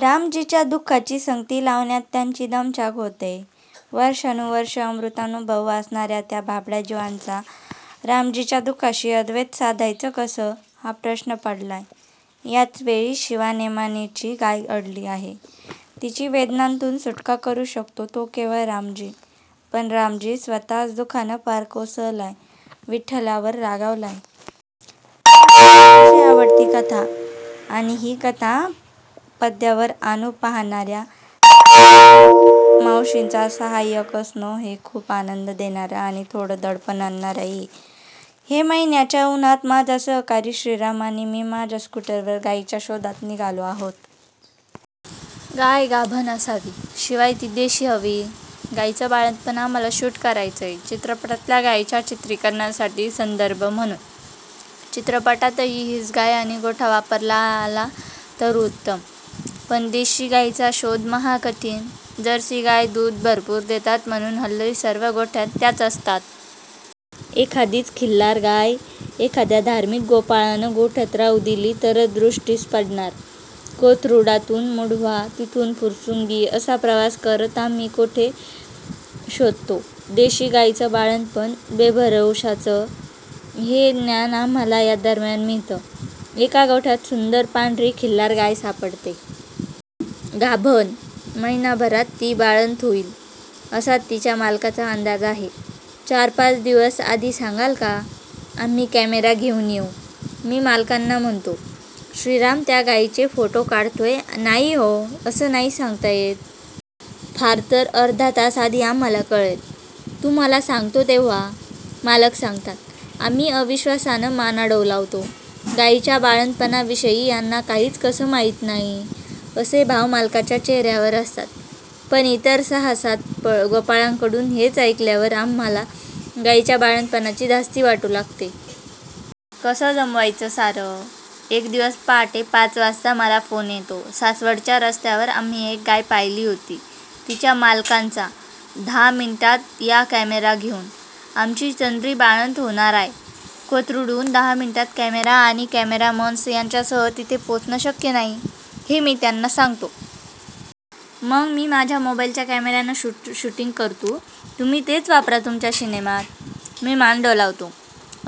रामजीच्या दु:खाची संगती लावण्यात त्यांची दमछाक होतेय. वर्षानुवर्षं 'अमृतानुभव' वाचणार्या त्या भाबड्या जीवांना रामजीच्या दु:खाशी अद्वैत साधायचं कसं, हा प्रश्न पडलाय. याचवेळी शिवा नेमाणेची गाय अडली आहे. तिची वेदनांतून सुटका करू शकतो तो केवळ रामजी; पण रामजी स्वत:च दु:खानं पार कोसळलाय, विठ्ठलावर रागावलाय. ही माझी अतिशय आवडती कथा. आणि ही कथा पदद्यावर आणू पाहणार्या सुमित्रामावशींचा साहाय्यक असणं, हे खूप आनंद देणारं आणि थोडं दडपण आणणारंही. मे महिन्याच्या उन्हात माझा सहकारी श्रीराम आणि मी माझ्या स्कूटरवर गायीच्या शोधात निघालो आहोत. गाय गाभण असावी, शिवाय ती देशी हवी. गायीचं बाळंतपण आम्हांला शूट करायचंय. चित्रपटातल्या गायीच्या चित्रीकरणासाठी संदर्भ म्हणून. चित्रपटातही हीच गाय आणि गोठा वापरता आला, तर उत्तम. पण देशी गायीचा शोध महाकठीण. जर्सी गायी दूध भरपूर देतात म्हणून हल्ली सर्व गोठ्यांत त्याच असतात. एखादीच खिल्लार गाय एखाद्या धार्मिक गोपाळानं गोठ्यात राहू दिली तरच दृष्टीस पडणार. कोथरुडातून मुढवा, तिथून फुरसुंगी असा प्रवास करत आम्ही गोठे शोधतो. देशी गायीचं बाळंतपण बेभरवशाचं, हे ज्ञान आम्हांला या दरम्यान मिळतं. एका गोठ्यात सुंदर पांढरी खिल्लार गाय सापडते. गाभण. महिनाभरात ती बाळंत होईल, असा तिच्या मालकाचा अंदाज आहे. 'चारपाच दिवस आधी सांगाल का? आम्ही कॅमेरा घेऊन येऊ,' मी मालकांना म्हणतो. श्रीराम त्या गायीचे फोटो काढतोय. 'नाही हो, असं नाही सांगता येत. फारतर अर्धा तास आधी आम्हांला कळेल, तुम्हांला सांगतो तेव्हा', मालक सांगतात. आम्ही अविश्वासानं माना डोलावतो. गायीच्या बाळंतपणाविषयी यांना काहीच कसं माहीत नाही, असे भाव मालकाच्या चेहर्यावर असतात. पण इतर सहासात गोपाळांकडून हेच ऐकल्यावर आम्हांला गायीच्या बाळंतपणाची धास्ती वाटू लागते. कसं जमवायचं सारं? एक दिवस पहाटे पाच वाजता मला फोन येतो. सासवडच्या रस्त्यावर आम्ही एक गाय पाहिली होती, तिच्या मालकांचा. 'धा मिन्टात या कॅमेरा घेऊन, आमची चंद्री बाळंत होनाराय. ' कोथरुडहून दहा मिनिटांत कॅमेरा आणि कॅमेरामन यांच्यासह तिथे पोहोचणं शक्य नाही, हे मी त्यांना सांगतो. 'मंग मी माझ्या मोबाईलच्या क्यामेरानं शूटिंग करतू. तुम्ही तेच वापरा तुमच्या शिनेमात'. मी मान डोलावतो.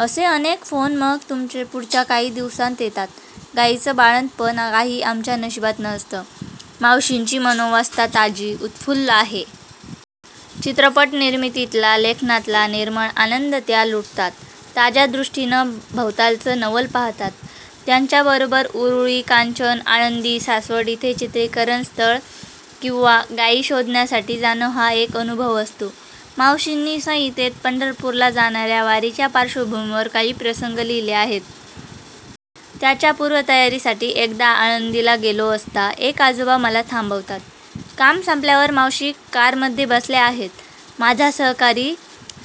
असे अनेक फोन मग पुढच्या काही दिवसांत येतात. गायीचं बाळंतपण काही आमच्या नशिबात नसतं. मावशींची मनोवस्था ताजी, उत्फुल्ल आहे. चित्रपटनिर्मितीतला, लेखनातला निर्मळ आनंद त्या लुटतात. ताज्या दृष्टीनं भवतालचं नवल पाहतात. त्यांच्याबरोबर उरुळी कांचन, आळंदी, सासवड इथे चित्रीकरणस्थळं किंवा गायी शोधण्यासाठी जाणं हा एक अनुभव असतो. मावशींनी संहितेत पंढरपूरला जाणार्या वारीच्या पार्श्वभूमीवर काही प्रसंग लिहिले आहेत. त्याच्या पूर्वतयारीसाठी एकदा आळंदीला गेलो असता एक आजोबा मला थांबवतात. काम संपल्यावर मावशी कारमध्ये बसल्या आहेत. माझा सहकारी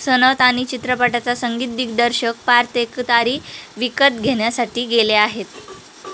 सनत आणि चित्रपटाचा संगीतदिग्दर्शक पार्थ एकतारी विकत घेण्यासाठी गेले आहेत.